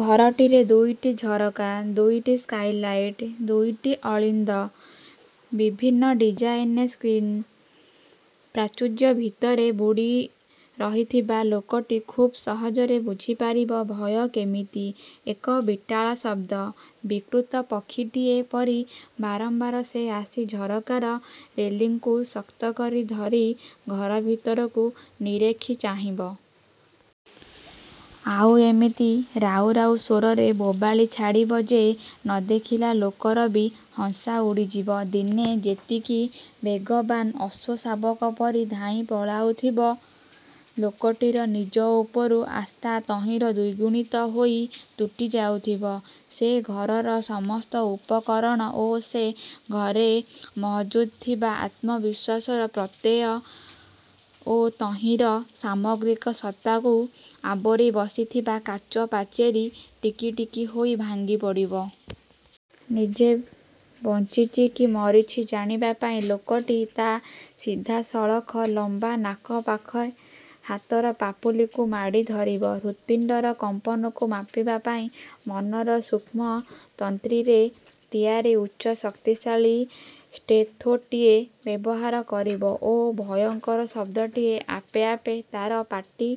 ଘରଟିରେ ଦୁଇଟି ଝରକା, ଦୁଇଟି ସ୍କାଇଲାଇଟ, ଦୁଇଟି ଅଳିନ୍ଦ। ବିଭିନ୍ନ ଡିଜାଇନରେ ସ୍କ୍ରିନ। ପ୍ରାଚୁର୍ଯ୍ୟ ଭିତରେ ବୁଡ଼ି। ରହିଥିବା ଲୋକଟି ଖୁବ୍ ସହଜରେ ବୁଝିପାରିବ, ଭୟ କେମିତି ଏକ ବିକଟାଳ ଶବ୍ଦ। ବିକୃତ ପକ୍ଷୀଟିଏ ପରି ବାରମ୍ୱାର ସେ ଆସି ଝରକାର ରେଲିଂକୁ ଶକ୍ତ କରି ଧରି ଘର ଭିତରକୁ ନିରେଖି ଚାହିଁବ। ଆଉ ଏମିତି ରାଉରାଉ ସ୍ୱରରେ ବୋବାଳି ଛାଡ଼ିବ ଯେ ନ ଦେଖିଲା ଲୋକର ବି ହଂସା ଉଡ଼ିଯିବ। ଦିନ ଯେତିକି ବେଗବାନ ଅଶ୍ୱଶାବକ ପରି ଧାଇଁ ପଳାଉଥିବ, ଲୋକଟିର ନିଜ ଉପରୁ ଆସ୍ଥା ତହିଁର ଦ୍ୱିଗୁଣିତ ହୋଇ ତୁଟି ଯାଉଥିବ। ସେ ଘରର ସମସ୍ତ ଉପକରଣ ଓ ସେ ଘରେ ମହଜୁଦ୍ଥିବା ଆତ୍ମବିଶ୍ୱାସର ପ୍ରତ୍ୟୟ ଓ ତହିଁର ସାମଗ୍ରିକ ସତ୍ତାକୁ ଆବୋରି ବସିଥିବା କାଚ ପାଚେରୀ ଟିକିଟିକି ହୋଇ ଭାଙ୍ଗିପଡ଼ିବ। ନିଜେ ବଞ୍ଚିଚି କି ମରିଛି ଜାଣିବାପାଇଁ ଲୋକଟି ତା' ସିଧାସଳଖ ଲମ୍ୱ ନାକପାଖେ ହାତର ପାପୁଲିକୁ ମାଡ଼ି ଧରିବ। ହୃତ୍ପିଣ୍ତର କମ୍ପନକୁ ମାପିବାପାଇଁ ମନର ସୂକ୍ଷ୍ମ ତନ୍ତ୍ରୀରେ ତିଆରି ଉଚ୍ଚ ଶକ୍ତିଶାଳୀ ଷ୍ଟେଥୋଟିଏ ବ୍ୟବହାର କରିବ ଓ ଭୟଙ୍କର ଶବ୍ଦଟିଏ ଆପେ ଆପେ ତା'ର ପାଟି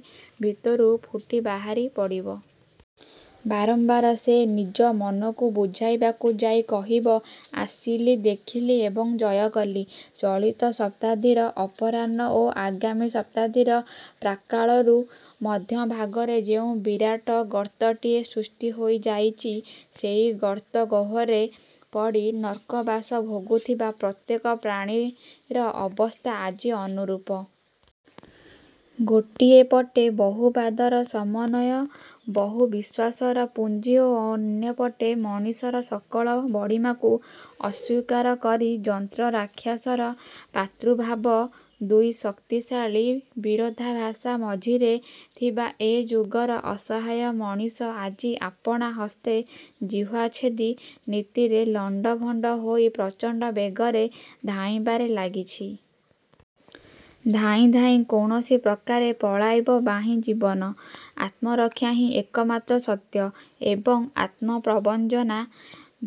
ଭିତରୁ ଫୁଟି ବାହାରି ପଡ଼ିବ। ବାରମ୍ୱାର ସେ ନିଜ ମନକୁ ବୁଝାଇବାକୁ ଯାଇ କହିବ, 'ଆସିଲି, ଦେଖିଲି ଏବଂ ଜୟକଲି। ' ଚଳିତ ଶତାବ୍ଦୀର ଅପରାହ୍ନ ଓ ଆଗାମୀ ଶତାବ୍ଦୀର ପ୍ରାକ୍କାଳରୁ ମଧ୍ୟଭାଗରେ ଯେଉଁ ବିରାଟ ଗର୍ତ୍ତଟିଏ ସୃଷ୍ଟି ହୋଇଯାଇଚି, ସେଇ ଗର୍ତ୍ତ ଗହ୍ୱରରେ ପଡ଼ି ନର୍କବାସ ଭୋଗୁଥିବା ପ୍ରତ୍ୟେକ ପ୍ରାଣୀର ଅବସ୍ଥା ଆଜି ଅନୁରୂପ। ଗୋଟାଏ ପଟେ ବହୁବାଦର ସମନ୍ୱୟ, ବହୁ ବିଶ୍ୱାସର ପୁଞ୍ଜି ଓ ଅନ୍ୟ ପଟେ ମଣିଷର ସକଳ ବଡ଼ିମାକୁ ଅସ୍ୱୀକାର କରି ଯନ୍ତ୍ର ରାକ୍ଷସର ପ୍ରାଦୁର୍ଭାବ। ଦୁଇ ଶକ୍ତିଶାଳୀ ବିରୋଧାଭାଷ ମଝିରେ ଥିବା ଏ ଯୁଗର ଅସହାୟ ମଣିଷ ଆଜି ଆପଣା ହସ୍ତେ ଜିହ୍ୱାଛେଦି ନୀତିରେ ଲଣ୍ତଭଣ୍ତ ହୋଇ ପ୍ରଚଣ୍ତ ବେଗରେ ଧାଇଁବାରେ ଲାଗିଚି। ଧାଇଁ ଧାଇଁ କୌଣସି ପ୍ରକାରେ ପଳାଇବାହିଁ ଜୀବନ। ଆତ୍ମରକ୍ଷା ହିଁ ଏକମାତ୍ର ସତ୍ୟ। ଏବଂ ଆତ୍ମପ୍ରବଞ୍ଚନା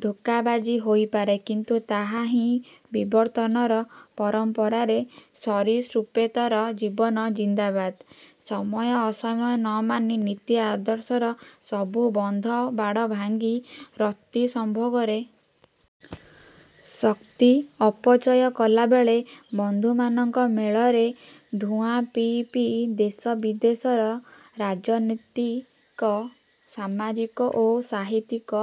ଧୋକାବାଜି ହୋଇପାରେ; କିନ୍ତୁ ତାହା ହିଁ ବିବର୍ତ୍ତନର ପରମ୍ପରାରେ ସରୀସୃପେତର ଜୀବନର ଜିନ୍ଦାବାଦ। ସମୟ ଅସମୟ ନମାନି, ନୀତି ଆଦର୍ଶର ସବୁ ବନ୍ଧ ବାଡ଼ ଭାଙ୍ଗି ରତି ସମ୍ଭୋଗରେ ଶକ୍ତି ଅପଚୟ କଲାବେଳେ, ବନ୍ଧୁମାନଙ୍କ ମେଳରେ ଧୂଆଁ ପିଇ ପିଇ ଦେଶ ବିଦେଶର ରାଜନୀତିକ, ସାମାଜିକ ଓ ସାହିତ୍ୟିକ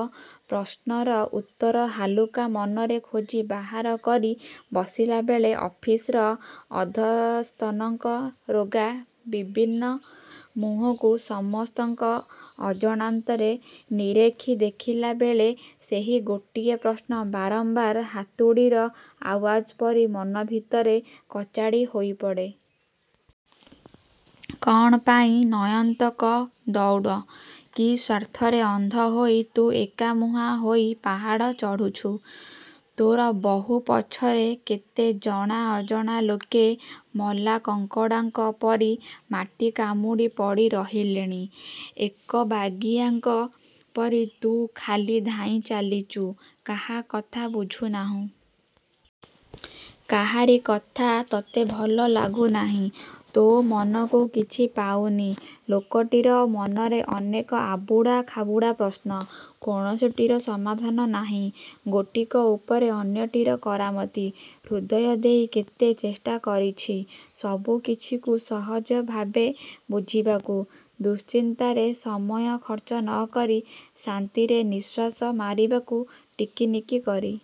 ପ୍ରଶ୍ନର ଉତ୍ତର ହାଲୁକା ମନରେ ଖୋଜି ବାହାର କରି ବସିଲାବେଳେ ଅଫିସର ଅଧଃସ୍ତନଙ୍କ ରୋଗା ବିବର୍ଣ୍ଣ ମୁହଁକୁ ସମସ୍ତଙ୍କ ଅଜଣାନ୍ତରେ ନିରେଖି ଦେଖିଲାବେଳେ, ସେଇ ଗୋଟିଏ ପ୍ରଶ୍ନ ବାରମ୍ବାର ହାତୁଡ଼ିର ଆଓ୍ୱାଜ ପରି ମନ ଭିତରେ କଚାଡ଼ି ହୋଇପଡ଼େ। ''କ'ଣ ପାଇଁ ନୟନ୍ତକ ଦଉଡ଼? କି ସ୍ୱାର୍ଥରେ ଅନ୍ଧହୋଇ ତୁ ଏକମୁହାଁ ହୋଇ ପାହାଡ଼ ଚଢ଼ୁଛୁ? ତୋର ବହୁ ପଛରେ କେତେ ଜଣା ଅଜଣା ଲୋକେ ମଲା କଙ୍କଡାଙ୍କ ପରି ମାଟି କାମୁଡ଼ି ପଡ଼ି ରହିଲେଣି। ଏକବାଗିଆଙ୍କ ପରି ତୁ ଖାଲି ଧାଇଁ ଚାଲିଚୁ। କାହା କଥା ବୁଝୁନାହୁଁ। କାହାରି କଥା ତୋତେ ଭଲ ଲାଗୁ ନାହିଁ। ତୋ ମନକୁ କିଛି ପାଉନି। '' ଲୋକଟିର ମନରେ ଅନେକ ଆବୁଡ଼ା ଖାବୁଡ଼ା ପ୍ରଶ୍ନ। କୌଣସିଟିର ସମାଧାନ ନାହିଁ। ଗୋଟିକ ଉପରେ ଅନ୍ୟଟିର କରାମତି। ହୃଦୟ ଦେଇ କେତେ ଚେଷ୍ଟା କରିଛି ସବୁକିଛିକୁ ସହଜଭାବେ ବୁଝିବାକୁ। ଦୁଶ୍ଚିନ୍ତାରେ ସମୟ ଖର୍ଚ୍ଚ ନକରି ଶାନ୍ତିରେ ନିଃଶ୍ୱାସ ମାରିବାକୁ। ଟିକିନିକି କରି